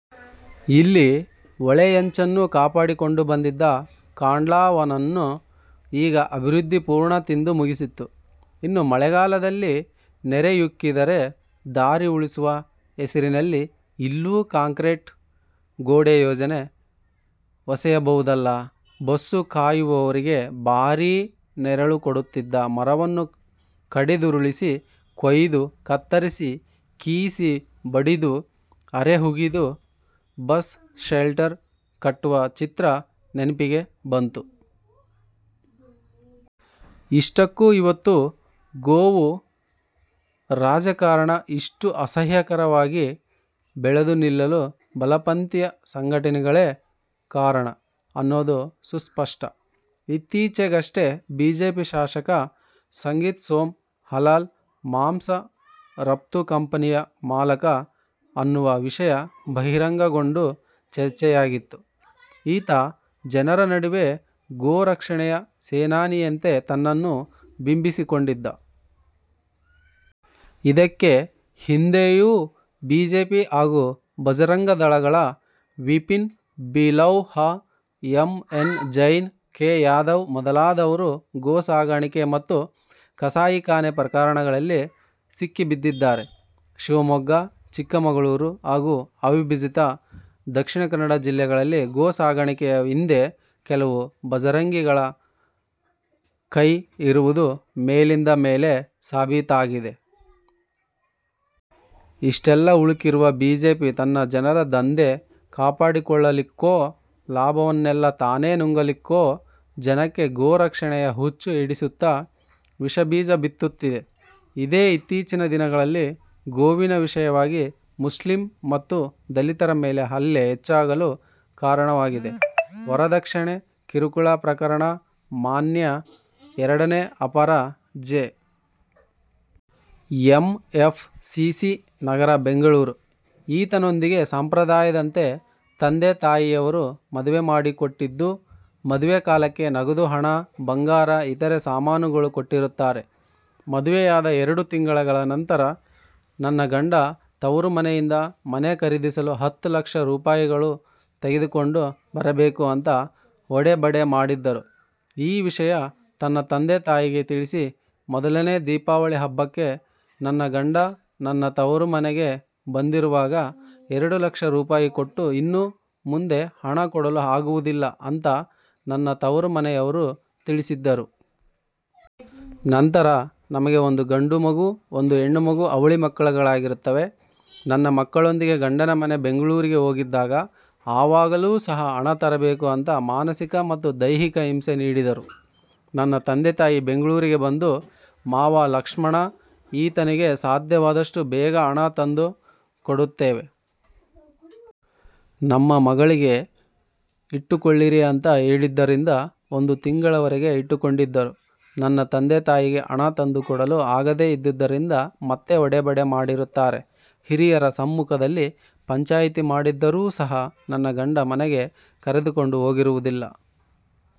ಇಲ್ಲಿ ಹೊಳೆಯಂಚನ್ನು ಕಾಪಾಡಿಕೊಂಡು ಬಂದಿದ್ದ ಕಾಂಡ್ಲಾವನನ್ನು ಈಗ 'ಅಭಿವೃದ್ಧಿ' ಪೂರ್ಣ ತಿಂದು ಮುಗಿಸಿತ್ತು. ಇನ್ನು ಮಳೆಗಾಲದಲ್ಲಿ ನೆರೆಯುಕ್ಕಿದರೆ 'ದಾರಿ ಉಳಿಸುವ' ಹೆಸರಿನಲ್ಲಿ ಇಲ್ಲೂ ಕಾಂಕ್ರೀಟ್ ಗೋಡೆ ಯೋಜನೆ ಹೊಸೆಯಬಹುದಲ್ಲ. ಬಸ್ಸು ಕಾಯುವವರಿಗೆ ಭಾರೀ ನೆರಳು ಕೊಡುತ್ತಿದ್ದ ಮರವನ್ನು ಕಡಿದುರುಳಿಸಿ, ಕೊಯ್ದು, ಕತ್ತರಿಸಿ, ಕೀಸಿ, ಬಡಿದು, ಅರೆ ಹುಗಿದು 'ಬಸ್ ಶೆಲ್ಟರ್' ಕಟ್ಟುವ ಚಿತ್ರ ನೆನಪಿಗೆ ಬಂತು. ಇಷ್ಟಕ್ಕೂ ಇವತ್ತು ಗೋವು ರಾಜಕಾರಣ ಇಷ್ಟು ಅಸಹ್ಯಕರವಾಗಿ ಬೆಳೆದು ನಿಲ್ಲಲು ಬಲಪಂಥೀಯ ಸಂಘಟನೆಗಳೇ ಕಾರಣ ಅನ್ನೋದು ಸುಸ್ಪಷ್ಟ. ಇತ್ತೀಚೆಗಷ್ಟೆ ಬಿಜೆಪಿ ಶಾಸಕ ಸಂಗೀತ್ ಸೋಮ್, ಹಲಾಲ್ ಮಾಂಸ ರಫ್ತು ಕಂಪನಿಯ ಮಾಲಕ ಅನ್ನುವ ವಿಷಯ ಬಹಿರಂಗಗೊಂಡು ಚರ್ಚೆಯಾಗಿತ್ತು. ಈತ ಜನರ ನಡುವೆ ಗೋರಕ್ಷಣೆಯ ಸೇನಾನಿಯಂತೆ ತನ್ನನ್ನು ಬಿಂಬಿಸಿಕೊಂಡಿದ್ದ! ಇದಕ್ಕೆ ಹಿಂದೆಯೂ ಬಿಜೆಪಿ ಹಾಗೂ ಭಜರಂಗದಳಗಳ Vipin Bilauha, M N Jain, K. Yadav ಮೊದಲಾದವರು ಗೋಸಾಗಾಣಿಕೆ ಮತ್ತು ಕಸಾಯಿಖಾನೆ ಪ್ರಕರಣಗಳಲ್ಲಿ ಸಿಕ್ಕಿಬಿದ್ದಿದ್ದಾರೆ. ಶಿವಮೊಗ್ಗ, ಚಿಕ್ಕಮಗಳೂರು ಹಾಗೂ ಅವಿಭಜಿತ ದಕ್ಷಿಣ ಕನ್ನಡ ಜಿಲ್ಲೆಗಳಲ್ಲಿ ಗೋಸಾಗಾಣಿಕೆಯ ಹಿಂದೆ ಕೆಲವು ಭಜರಂಗಿಗಳ ಕೈ ಇರುವುದು ಮೇಲಿಂದ ಮೇಲೆ ಸಾಬೀತಾಗಿದೆ. ಇಷ್ಟೆಲ್ಲ ಹುಳುಕಿರುವ ಬಿಜೆಪಿ, ತನ್ನ ಜನರ ಧಂಧೆ ಕಾಪಾಡಿಕೊಳ್ಳಲಿಕ್ಕೋ ಲಾಭವನ್ನೆಲ್ಲ ತಾನೇ ನುಂಗಲಿಕ್ಕೋ, ಜನಕ್ಕೆ 'ಗೋರಕ್ಷಣೆಯ' ಹುಚ್ಚು ಹಿಡಿಸುತ್ತಾ ವಿಷಬೀಜ ಬಿತ್ತುತ್ತಿದೆ. ಇದೇ ಇತ್ತೀಚಿನ ದಿನಗಳಲ್ಲಿ ಗೋವಿನ ವಿಷಯವಾಗಿ ಮುಸ್ಲಿಮ್ ಮತ್ತು ದಲಿತರ ಮೇಲೆ ಹಲ್ಲೆ ಹೆಚ್ಚಾಗಲು ಕಾರಣವಾಗಿದೆ. ವರದಕ್ಷಿಣೆ ಕಿರುಕುಳ ಪ್ರಕರಣ:ಮಾನ್ಯ ಎರಡನೇ ಅಪರ J. M. F. C. C. ನಗರ ಬೆಂಗಳೂರು ಇತನೊಂದಿಗೆ ಸಂಪ್ರದಾಯದಂತೆ ತಂದೆ ತಾಯಿಯವರು ಮದುವೆ ಮಾಡಿಕೊಟ್ಟಿದ್ದು, ಮದುವೆ ಕಾಲಕ್ಕೆ ನಗದು ಹಣ ಬಂಗಾರ ಇತರೆ ಸಾಮಾನುಗಳು ಕೊಟ್ಟಿರುತ್ತಾರೆ. ಮದುವೆಯಾದ ಎರಡು ತಿಂಗಳ ನಂತರ ನನ್ನ ಗಂಡ ತವರು ಮನೆಯಿಂದ ಮನೆ ಖರೀದಿಸಲು ಹತ್ತು ಲಕ್ಷ ರೂಪಾಯಿಗಳು ತೆಗೆದುಕೊಂಡು ಬರಬೇಕು ಅಂತಾ ಹೊಡೆಬಡೆ ಮಾಡಿದ್ದರು, ಈ ವಿಷಯ ತನ್ನ ತಂದೆ ತಾಯಿಗೆ ತಿಳಿಸಿ, ಮೊದಲನೇ ದೀಪಾವಳಿ ಹಬ್ಬಕ್ಕೆ ನನ್ನ ಗಂಡ ನನ್ನ ತವರು ಮನೆಗೆ ಬಂದಿರುವಾಗ ಎರಡು ಲಕ್ಷ ರೂಪಾಯಿ ಕೊಟ್ಟು, ಇನ್ನೂ ಮುಂದೆ ಹಣ ಕೊಡಲು ಆಗುವದಿಲ್ಲ ಅಂತಾ ನನ್ನ ತವರು ಮನೆಯವರು ತಿಳಿಸಿದ್ದರು. ನಂತರ ನಮಗೆ ಒಂದು ಗಂಡು ಮಗು ಒಂದು ಹೆಣ್ಣು ಮಗು ಅವಳಿ ಮಕ್ಕಳಾಗಿರುತ್ತವೆ. ನನ್ನ ಮಕ್ಕಳೊಂದಿಗೆ ಗಂಡನ ಮನೆ ಬೆಂಗಳೂರಿಗೆ ಹೋಗಿದ್ದಾಗ ಆವಾಗಲೂ ಸಹ ಹಣ ತರಬೇಕು ಅಂತಾ ಮಾನಸಿಕ ಮತ್ತು ದೈಹಿಕ ಹಿಂಸೆ ನೀಡಿದರೂ. ನನ್ನ ತಂದೆ ತಾಯಿ ಬೆಂಗಳೂರಿಗೆ ಬಂದು ಮಾವ ಲಕ್ಷಣ ಇತನಿಗೆ ಸಾದ್ಯವಾದಷ್ಟು ಬೇಗ ಹಣ ತಂದೆ ಕೊಡುತ್ತೇವೆ. ನಮ್ಮ ಮಗಳಿಗೆ ಇಟ್ಟುಕೊಳ್ಳಿರಿ ಅಂತಾ ಹೇಳಿದ್ದರಿಂದ ಒಂದು ತಿಂಗಳವರೆಗೆ ಇಟ್ಟುಕೊಂಡಿದ್ದರು. ನನ್ನ ತಂದೆ ತಾಯಿಗೆ ಹಣ ತಂದು ಕೊಡಲು ಆಗದೇ ಇದ್ದುದರಿಂದ, ಮತ್ತೆ ಹೊಡೆ ಬಡೆ ಮಾಡಿರುತ್ತಾರೆ. ಹಿರಿಯರ ಸಮ್ಮುಖದಲ್ಲಿ ಪಂಚಾಯಿತಿ ಮಾಡಿದ್ದರು ಸಹ ನನ್ನ ಗಂಡ ಮನೆಗೆ ಕರೆದುಕೊಂಡು ಹೋಗಿರುವದಿಲ್ಲ.